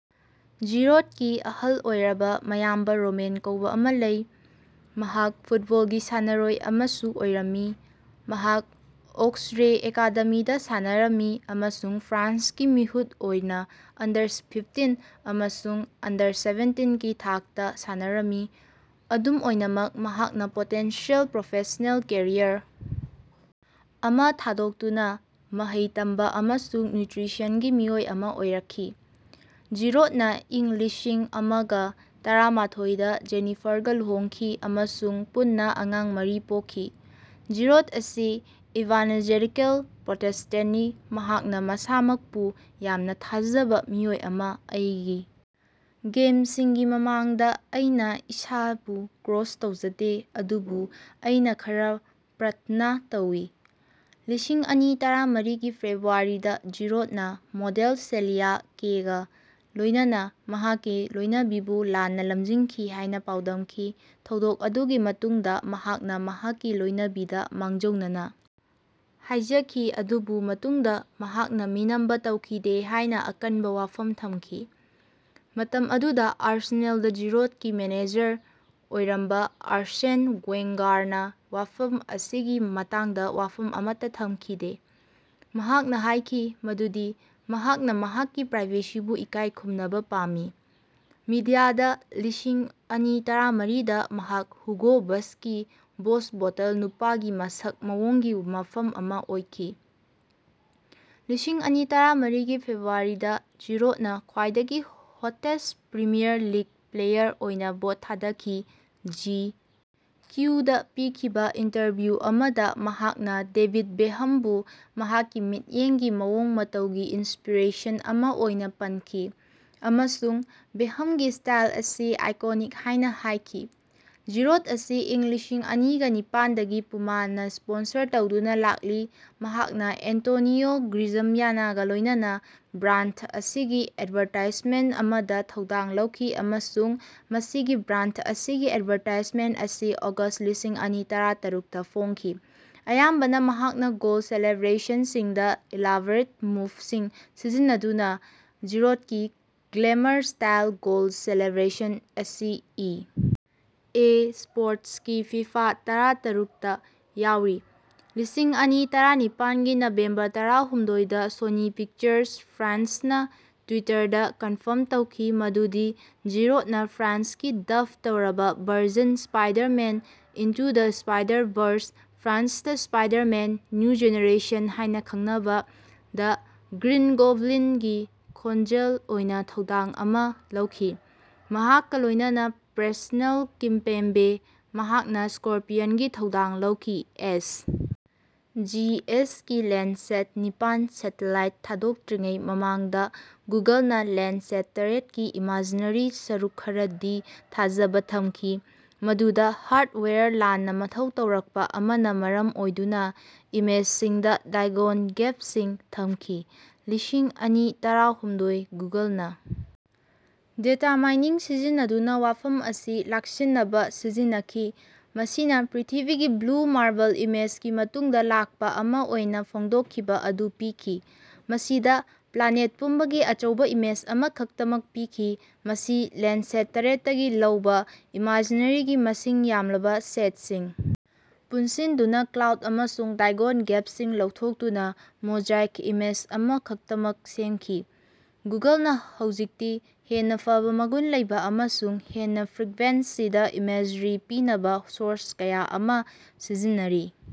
ꯖꯤꯔꯣꯗꯀꯤ ꯑꯍꯜ ꯑꯣꯏꯔꯕ ꯃꯌꯥꯝꯕ ꯔꯣꯃꯦꯟ ꯀꯧꯕ ꯑꯃ ꯂꯩ, ꯃꯍꯥꯛ ꯐꯨꯠꯕꯣꯜꯒꯤ ꯁꯥꯟꯅꯔꯣꯏ ꯑꯃꯁꯨ ꯑꯣꯏꯔꯝꯃꯤ, ꯃꯍꯥꯛ ꯑꯣꯛꯁꯔꯦ ꯑꯦꯀꯥꯗꯦꯃꯤꯗꯥ ꯁꯥꯟꯅꯔꯝꯃꯤ ꯑꯃꯁꯨꯡ ꯐ꯭ꯔꯥꯟꯁꯀꯤ ꯃꯤꯍꯨꯠ ꯑꯣꯏꯅꯥ ꯑꯟꯗꯔ-ꯐꯤꯐꯇꯤꯟ ꯑꯃꯁꯨꯡ ꯑꯟꯗꯔ-ꯁꯦꯚꯦꯟꯇꯤꯟ ꯀꯤ ꯊꯥꯛꯇ ꯁꯥꯟꯅꯔꯝꯃꯤ, ꯑꯗꯨꯝ ꯑꯣꯏꯅꯃꯛ ꯃꯍꯥꯛꯅꯥ ꯄꯣꯇꯦꯟꯁꯤꯌꯦꯜ ꯄ꯭ꯔꯣꯐꯦꯁ꯭ꯅꯦꯜ ꯀꯦꯔꯤꯌꯔ ꯑꯃꯥ ꯊꯥꯗꯣꯛꯇꯨꯅ ꯃꯍꯩ ꯇꯝꯕ ꯑꯃꯁꯨꯡ ꯅ꯭ꯌꯨꯇ꯭ꯔꯤꯁꯟꯒꯤ ꯃꯤꯑꯣꯏ ꯑꯃꯥ ꯑꯣꯏꯔꯛꯈꯤ꯫ ꯖꯤꯔꯣꯗꯅꯥ ꯏꯪ ꯂꯤꯁꯤꯡ ꯑꯃꯒ ꯇꯔꯥꯃꯥꯊꯣꯏ ꯗ ꯖꯦꯅꯤꯐꯥꯔꯒ ꯂꯨꯍꯣꯡꯈꯤ ꯑꯃꯁꯨꯡ ꯄꯨꯟꯅꯥ ꯑꯉꯥꯡ ꯃꯔꯤ ꯄꯣꯛꯈꯤ꯫ ꯖꯤꯔꯣꯗ ꯑꯁꯤ ꯏꯚꯥꯅꯖꯦꯂꯤꯀꯦꯜ ꯄ꯭ꯔꯣꯇꯦꯁ꯭ꯇꯦꯟꯇꯅꯤ꯫ ꯃꯍꯥꯛꯅꯥ ꯃꯁꯥꯃꯛꯄꯨ "ꯌꯥꯝꯅ ꯊꯥꯖꯕ ꯃꯤꯑꯣꯏ ꯑꯃꯥ ꯑꯩꯒꯤ ꯒꯦꯝꯁꯤꯡꯒꯤ ꯃꯃꯥꯡꯗꯥ ꯑꯩꯅꯥ ꯏꯁꯥꯕꯨ ꯀ꯭ꯔꯣꯁ ꯇꯧꯖꯗꯦ ꯑꯗꯨꯕꯨ ꯑꯩꯅꯥ ꯈꯔꯥ ꯄ꯭ꯔꯥꯊꯅꯥ ꯇꯧꯏ"꯫ ꯂꯤꯁꯤꯡ ꯑꯅꯤ ꯇꯔꯥꯃꯥꯔꯤꯒꯤ ꯐꯦꯕ꯭ꯔꯨꯋꯥꯔꯤꯗꯥ ꯖꯤꯔꯣꯗꯅꯥ ꯃꯣꯗꯦꯜ ꯁꯦꯂꯤꯌꯥ ꯀꯦꯒ ꯂꯣꯏꯅꯅꯥ ꯃꯍꯥꯛꯀꯤ ꯂꯣꯏꯅꯕꯤꯕꯨ ꯂꯥꯟꯅꯥ ꯂꯝꯖꯤꯡꯈꯤ ꯍꯥꯏꯅꯥ ꯄꯥꯎꯗꯝꯈꯤ꯫ ꯊꯧꯗꯣꯛ ꯑꯗꯨꯒꯤ ꯃꯇꯨꯡꯗꯥ ꯃꯍꯥꯛꯅꯥ ꯃꯍꯥꯛꯀꯤ ꯂꯣꯏꯅꯕꯤꯗ ꯃꯥꯡꯖꯧꯅꯅ ꯍꯥꯏꯖꯈꯤ ꯑꯗꯨꯕꯨ ꯃꯇꯨꯡꯗ ꯃꯍꯥꯛꯅ ꯃꯤꯅꯝꯕ ꯇꯧꯈꯤꯗꯦ ꯍꯥꯏꯅꯥ ꯑꯀꯟꯕ ꯋꯥꯐꯝ ꯊꯝꯈꯤ꯫ ꯃꯇꯝ ꯑꯗꯨꯗꯥ ꯑꯥꯔꯁꯦꯅꯦꯜꯗ ꯖꯤꯔꯣꯗꯀꯤ ꯃꯦꯅꯦꯖꯔ ꯑꯣꯏꯔꯝꯕꯥ ꯑꯥꯔꯁꯦꯟ ꯋꯦꯡꯒꯥꯔꯅꯥ ꯋꯥꯐꯝ ꯑꯁꯤꯒꯤ ꯃꯇꯥꯡꯗ ꯋꯥꯐꯝ ꯑꯃꯠꯇ ꯊꯝꯈꯤꯗꯦ, ꯃꯍꯥꯛꯅ ꯍꯥꯏꯈꯤ ꯃꯗꯨꯗꯤ ꯃꯍꯥꯛꯅ ꯃꯍꯥꯛꯀꯤ ꯄ꯭ꯔꯥꯏꯚꯦꯁꯤꯕꯨ ꯏꯀꯥꯏ ꯈꯨꯝꯅꯕ ꯄꯥꯝꯃꯤ꯫ ꯃꯤꯗꯤꯌꯥꯗ ꯂꯤꯁꯤꯡ ꯑꯅꯤ ꯇꯔꯥꯃꯥꯔꯤꯗ ꯃꯍꯥꯛ ꯍꯨꯒꯣ ꯕꯁꯀꯤ ꯕꯣꯁ ꯕꯣꯇꯜ ꯅꯨꯄꯥꯒꯤ ꯃꯁꯛ ꯃꯑꯣꯡꯒꯤ ꯃꯐꯝ ꯑꯃꯥ ꯑꯣꯏꯈꯤ꯫ ꯂꯤꯁꯤꯡ ꯑꯅꯤ ꯇꯔꯥꯃꯉꯥꯒꯤ ꯐꯦꯕ꯭ꯔꯨꯋꯥꯔꯤꯗ ꯖꯤꯔꯣꯗꯅ ꯈ꯭ꯋꯥꯏꯗꯒꯤ ꯍꯣꯇꯦꯁ꯭ꯠ ꯄ꯭ꯔꯤꯃꯤꯌꯥꯔ ꯂꯤꯛ ꯄ꯭ꯂꯦꯌꯥꯔ ꯑꯣꯏꯅꯥ ꯚꯣꯠ ꯊꯥꯗꯈꯤ꯫ ꯖꯤ. ꯀ꯭ꯌꯨ. ꯗꯥ ꯄꯤꯈꯤꯕꯥ ꯏꯟꯇꯔꯚ꯭ꯌꯨ ꯑꯃꯗꯥ ꯃꯍꯥꯛꯅꯥ ꯗꯦꯕꯤꯗ ꯕꯦꯍꯝꯕꯨ ꯃꯍꯥꯛꯀꯤ ꯃꯤꯠꯌꯦꯡꯒꯤ ꯃꯑꯣꯡ ꯃꯇꯧꯒꯤ ꯏꯟꯁꯄꯤꯔꯦꯁꯟ ꯑꯃꯥ ꯑꯣꯏꯅꯥ ꯄꯟꯈꯤ ꯑꯃꯁꯨꯡ ꯕꯦꯀꯍꯝꯒꯤ ꯁ꯭ꯇꯥꯏꯜ ꯑꯁꯤ ꯑꯥꯏꯀꯣꯅꯤꯛ ꯍꯥꯏꯅꯥ ꯍꯥꯏꯈꯤ꯫ ꯖꯤꯔꯣꯗ ꯑꯁꯤ ꯏꯪ ꯂꯤꯁꯤꯡ ꯑꯅꯤꯒ ꯅꯤꯄꯥꯟ ꯗꯒꯤ ꯄꯨꯃꯥꯅꯥ ꯁ꯭ꯄꯣꯟꯁꯔ ꯇꯧꯗꯨꯅꯥ ꯂꯥꯛꯂꯤ꯫ ꯃꯍꯥꯛꯅꯥ ꯑꯦꯟꯇꯣꯅꯤꯑꯣ ꯒ꯭ꯔꯤꯖꯝꯌꯥꯅꯒꯥ ꯂꯣꯏꯅꯅꯥ ꯕ꯭ꯔꯥꯟꯗ ꯑꯁꯤꯒꯤ ꯑꯦꯗꯚꯥꯔꯇꯥꯏꯖꯃꯦꯟꯠ ꯑꯃꯗꯥ ꯊꯧꯗꯥꯡ ꯂꯧꯈꯤ ꯑꯃꯁꯨꯡ ꯃꯁꯤꯒꯤ ꯕ꯭ꯔꯥꯟꯗ ꯑꯁꯤꯒꯤ ꯑꯦꯗꯚꯥꯔꯇꯥꯏꯖꯃꯦꯟꯇ ꯑꯁꯤ ꯑꯣꯒꯁ꯭ꯠ ꯂꯤꯁꯤꯡ ꯑꯅꯤ ꯇꯔꯥ ꯇꯔꯨꯛꯇ ꯐꯣꯡꯈꯤ꯫ ꯑꯌꯥꯝꯕꯅꯥ ꯃꯍꯥꯛꯀꯤ ꯒꯣꯜ ꯁꯦꯂꯦꯕ꯭ꯔꯦꯁꯟꯁꯤꯡꯗꯥ ꯏꯂꯥꯕꯔꯦꯠ ꯃꯨꯚꯁꯤꯡ ꯁꯤꯖꯤꯟꯅꯗꯨꯅꯥ ꯖꯤꯔꯣꯗꯀꯤ ꯒ꯭ꯂꯦꯃꯔ ꯁ꯭ꯂꯥꯏꯗ ꯒꯣꯜ ꯁꯦꯂꯦꯕ꯭ꯔꯦꯁꯟ ꯑꯁꯤ ꯏ. ꯑꯦ. ꯁ꯭ꯄꯣꯔꯇꯁꯀꯤ ꯐꯤꯐꯥ ꯇꯔꯥ ꯇꯔꯨꯛꯇ ꯌꯥꯎꯔꯤ꯫ ꯂꯤꯁꯤꯡ ꯑꯅꯤ ꯇꯔꯥ ꯅꯤꯄꯥꯟꯒꯤ ꯅꯕꯦꯝꯕꯔ ꯇꯔꯥꯍꯨꯝꯗꯣꯏꯗ ꯁꯣꯅꯤ ꯄꯤꯛꯆꯔꯁ ꯐ꯭ꯔꯥꯟꯁꯅꯥ ꯇ꯭ꯋꯤꯇꯔꯗꯥ ꯀꯟꯐꯔꯝ ꯇꯧꯈꯤ ꯃꯗꯨꯗꯤ ꯖꯤꯔꯣꯗꯅꯥ ꯐ꯭ꯔꯥꯟꯁꯀꯤ ꯗꯥꯕ ꯇꯧꯔꯕꯥ version Spider-Man: into the Spider-Verse (ꯐ꯭ꯔꯥꯟꯁꯇꯥ ꯁ꯭ꯄꯥꯏꯗꯥꯔꯃꯦꯟ: ꯅ꯭ꯌꯨ ꯖꯦꯅꯦꯔꯦꯁꯟ ꯍꯥꯏꯅꯥ ꯈꯪꯅꯕꯥ)ꯗ ꯒ꯭ꯔꯤꯟ ꯒꯣꯕꯂꯤꯟꯒꯤ ꯈꯣꯟꯖꯦꯜ ꯑꯣꯏꯅꯥ ꯊꯧꯗꯥꯡ ꯑꯃꯥ ꯂꯧꯈꯤ꯫ ꯃꯍꯥꯛꯀꯥ ꯂꯣꯏꯅꯅꯥ ꯄ꯭ꯔꯦꯁꯅꯦꯜ ꯀꯤꯝꯄꯦꯝꯕꯦ, ꯃꯍꯥꯛꯅꯥ ꯁ꯭ꯀꯣꯔꯄꯤꯌꯟꯒꯤ ꯊꯧꯗꯥꯡ ꯂꯧꯈꯤ꯫ ꯑꯦꯁ. ꯖꯤ. ꯑꯦꯁ. ꯀꯤ ꯂꯦꯟꯗꯁꯦꯠ ꯅꯤꯄꯥꯟ ꯁꯦꯇꯦꯂꯥꯏꯠ ꯊꯥꯗꯣꯛꯇ꯭ꯔꯤꯉꯩ ꯃꯃꯥꯡꯗꯥ ꯒꯨꯒꯜꯅꯥ ꯂꯦꯟꯗ꯭ꯁꯦꯠ ꯇꯔꯦꯠ ꯀꯤ ꯏꯃꯖꯤꯅꯔꯤꯗ ꯁꯔꯨꯛ ꯈꯔꯗꯤ ꯊꯥꯖꯕ ꯊꯝꯈꯤ, ꯃꯗꯨꯗ ꯍꯥꯔ꯭ꯗꯋꯦꯌꯔ ꯂꯥꯟꯅ ꯃꯊꯧ ꯇꯧꯔꯛꯄ ꯑꯃꯅꯥ ꯃꯔꯝ ꯑꯣꯏꯗꯨꯅꯥ ꯏꯃꯦꯖꯁꯤꯡꯗꯥ ꯗꯥꯏꯒꯣꯟ ꯒꯦꯞꯁꯤꯡ ꯊꯝꯈꯤ꯫ ꯂꯤꯁꯤꯡ ꯑꯅꯤ ꯇꯔꯥꯍꯨꯝꯗꯣꯏ ꯒꯨꯒꯜꯅꯥ ꯗꯦꯇꯥꯃꯥꯏꯅꯤꯡ ꯁꯤꯖꯤꯟꯅꯗꯨꯅꯥ ꯋꯥꯐꯝ ꯑꯁꯤ ꯂꯥꯛꯁꯤꯟꯅꯕꯥ ꯁꯤꯖꯤꯟꯅꯈꯤ, ꯃꯁꯤꯅꯥ ꯄ꯭ꯔꯤꯊꯤꯕꯤꯒꯤ ꯕ꯭ꯂꯨ ꯃꯥꯔꯕꯜ ꯏꯃꯦꯖꯒꯤ ꯃꯇꯨꯡꯗꯥ ꯂꯥꯛꯄꯥ ꯑꯃꯥ ꯑꯣꯏꯅꯥ ꯐꯣꯡꯗꯣꯛꯈꯤꯕꯥ ꯑꯗꯨ ꯄꯤꯈꯤ, ꯃꯁꯤꯗꯥ ꯄ꯭ꯂꯥꯅꯦꯠ ꯄꯨꯝꯕꯒꯤ ꯑꯆꯧꯕꯥ ꯏꯃꯦꯖ ꯑꯃꯈꯛꯇꯃꯛ ꯄꯤꯈꯤ꯫ ꯃꯁꯤ ꯂꯦꯟꯗ꯭ꯁꯦꯠ ꯇꯔꯦꯠꯇꯒꯤ ꯂꯧꯕꯥ ꯏꯃꯖꯤꯅꯔꯤꯒꯤ ꯃꯁꯤꯡ ꯌꯥꯝꯂꯕꯥ ꯁꯦꯠꯁꯤꯡ ꯄꯨꯟꯁꯤꯟꯗꯨꯅꯥ ꯀ꯭ꯂꯥꯎꯗ ꯑꯃꯁꯨꯡ ꯗꯥꯏꯒꯣꯟ ꯒꯦꯞꯁꯤꯡ ꯂꯧꯊꯣꯛꯇꯨꯅꯥ ""ꯃꯣꯖꯥꯏꯛ"" ꯏꯃꯦꯖ ꯑꯃꯈꯛꯇꯃꯛ ꯁꯦꯝꯈꯤ꯫ ꯒꯨꯒꯜꯅꯥ ꯍꯧꯖꯤꯛꯇꯤ ꯍꯦꯟꯅꯥ ꯐꯕꯥ ꯃꯒꯨꯟ ꯂꯩꯕꯥ ꯑꯃꯁꯨꯡ ꯍꯦꯟꯅꯥ ꯐ꯭ꯔꯤꯛꯕꯦꯟꯁꯤꯗꯥ ꯏꯃꯦꯖꯔꯤ ꯄꯤꯅꯕꯥ ꯁꯣꯔꯁ ꯀꯌꯥ ꯑꯃꯥ ꯁꯤꯖꯤꯟꯅꯔꯤ꯫